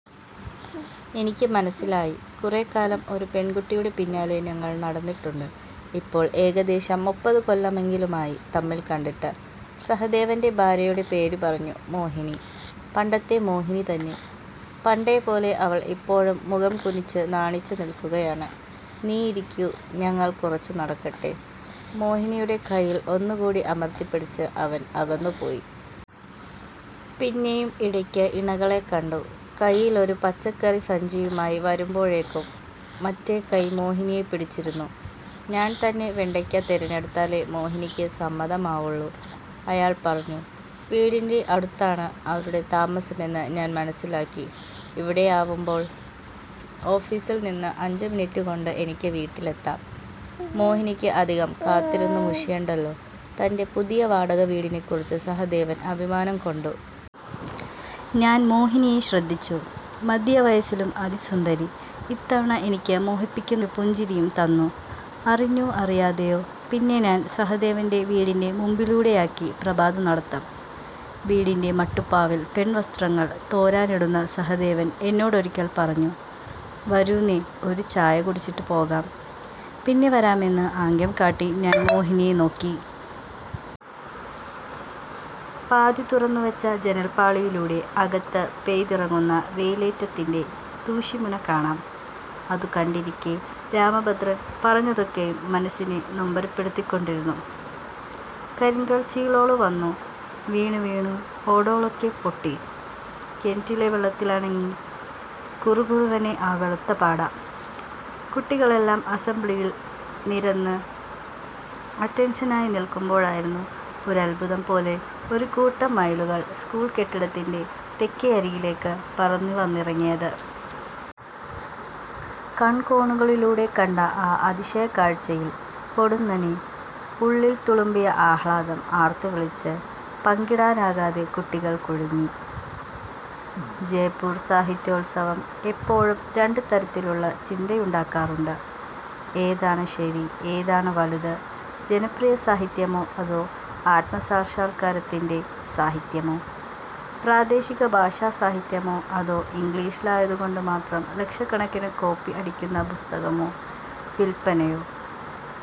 എനിക്ക് മനസ്സിലായി. കുറേക്കാലം ഒരു പെൺകുട്ടിയുടെ പിന്നാലെ ഞങ്ങൾ നടന്നിട്ടുണ്ട്. ഇപ്പോൾ ഏകദേശം മുപ്പതുകൊല്ലമെങ്കിലുമായി തമ്മിൽ കണ്ടിട്ട്. സഹദേവന്റെ ഭാര്യയുടെ പേരുപറഞ്ഞു:മോഹിനി. പണ്ടത്തെ മോഹിനി തന്നെ. പണ്ടേപ്പോലെ അവൾ ഇപ്പോഴും മുഖംകുനിച്ച് നാണിച്ചു നിൽക്കുകയാണ്. ''നീയിരിക്കൂ. ഞങ്ങൾ കുറച്ചുനടക്കട്ടെ. ''മോഹിനിയുടെ കൈയിൽ ഒന്നുകൂടി അമർത്തിപ്പിടിച്ച് അവൻ അകന്നുപോയി. പിന്നെയും ഇടയ്ക്ക്‌ ഇണകളെ കണ്ടു. കൈയിലൊരു പച്ചക്കറിസഞ്ചിയുമായി വരുമ്പോഴും മറ്റേക്കൈ മോഹിനിയെ പിടിച്ചിരുന്നു. ''ഞാൻതന്നെ വെണ്ടയ്ക്ക തിരഞ്ഞെടുത്താലേ മോഹിനിക്ക് സമ്മതമാവുള്ളൂ'',അയാൾ പറഞ്ഞു. വീടിന്റെ അടുത്താണ് അവരുടെ താമസമെന്ന് ഞാൻ മനസ്സിലാക്കി. ''ഇവിടെയാവുമ്പോൾ ഓഫീസിൽനിന്ന് അഞ്ചുമിനിട്ടുകൊണ്ട് എനിക്ക് വീട്ടിലെത്താം. മോഹിനിക്ക് അധികം കാത്തിരുന്ന് മുഷിയണ്ടല്ലോ. '',തന്റെ പുതിയ വാടകവീടിനെക്കുറിച്ച് സഹദേവൻ അഭിമാനംകൊണ്ടു. ഞാൻ മോഹിനിയെ ശ്രദ്ധിച്ചു. മധ്യവയസ്സിലും അതിസുന്ദരി. ഇത്തവണ എനിക്ക് മോഹിപ്പിക്കുന്ന ഒരു പുഞ്ചിരിയും തന്നു. അറിഞ്ഞോ അറിയാതെയോ. പിന്നെ ഞാൻ സഹദേവന്റെ വീടിന്റെ മുമ്പിലൂടെയാക്കി പ്രഭാതനടത്തം. വീടിന്റെ മട്ടുപ്പാവിൽ പെൺവസ്ത്രങ്ങൾ തോരാനിടുന്ന സഹദേവൻ എന്നോടൊരിക്കൽ പറഞ്ഞു:''വരൂന്നേ, ഒരു ചായകുടിച്ചിട്ട് പോകാം. ''പിന്നെവരാമെന്ന് ആംഗ്യംകാട്ടി ഞാൻ മോഹിനിയെ നോക്കി. പാതി തുറന്നുവെച്ച ജനൽപ്പാളിയിലൂടെ അകത്ത് പെയ്തിറങ്ങുന്ന വെയിലേറ്റത്തിന്റെ തൂശിമുന കാണാം. അതുകണ്ടിരിക്കെ രാമഭദ്രൻ പറഞ്ഞതൊക്കെയും മനസ്സിനെ നൊമ്പരപ്പെടുത്തിക്കൊണ്ടിരുന്നു. ''കരിങ്കൽച്ചീളോള് വന്നു വീണുവീണ് ഓടോളൊക്കേം പൊട്ടി. കെന്റിലെ വെള്ളത്തിലാണങ്ങി കുറുകുറുന്നനെ ആ വെളുത്ത പാട. കുട്ടികളെല്ലാം അസംബ്ലിയില് നിരന്ന് അറ്റന്ഷനായി നില്ക്കുമ്പോഴായിരുന്നു ഒരദ്ഭുതംപോലെ, ഒരുകൂട്ടം മയിലുകള് സ്കൂള് കെട്ടിടത്തിന്റെ തെക്കേയരികിലേക്ക് പറന്നുവന്നിറങ്ങിയത്. കണ്കോണുകളിലൂടെ കണ്ട ആ അതിശയക്കാഴ്ചയില് പൊടുന്നനെ ഉള്ളില്ത്തുളുമ്പിയ ആഹ്ലാദം ആര്ത്തുവിളിച്ച് പങ്കിടാനാകാതെ കുട്ടികള് കുഴങ്ങി. ജയ്പൂര് സാഹിത്യോത്സവം എപ്പോഴും രണ്ട് തരത്തിലുള്ള ചിന്തയുണ്ടാക്കാറുണ്ട്:ഏതാണ് ശരി. ഏതാണ് വലുത്. ജനപ്രിയസാഹിത്യമോ അതോ'ആത്മസാക്ഷാത്കാര'ത്തിന്റെ സാഹിത്യമോ. പ്രാദേശിക ഭാഷാ സാഹിത്യമോ അതോ ഇംഗ്ലീഷിലായതുകൊണ്ടുമാത്രം ലക്ഷക്കണക്കിന് കോപ്പി അടിയ്ക്കുന്ന പുസ്തകമോ. വില്പ്പനയോ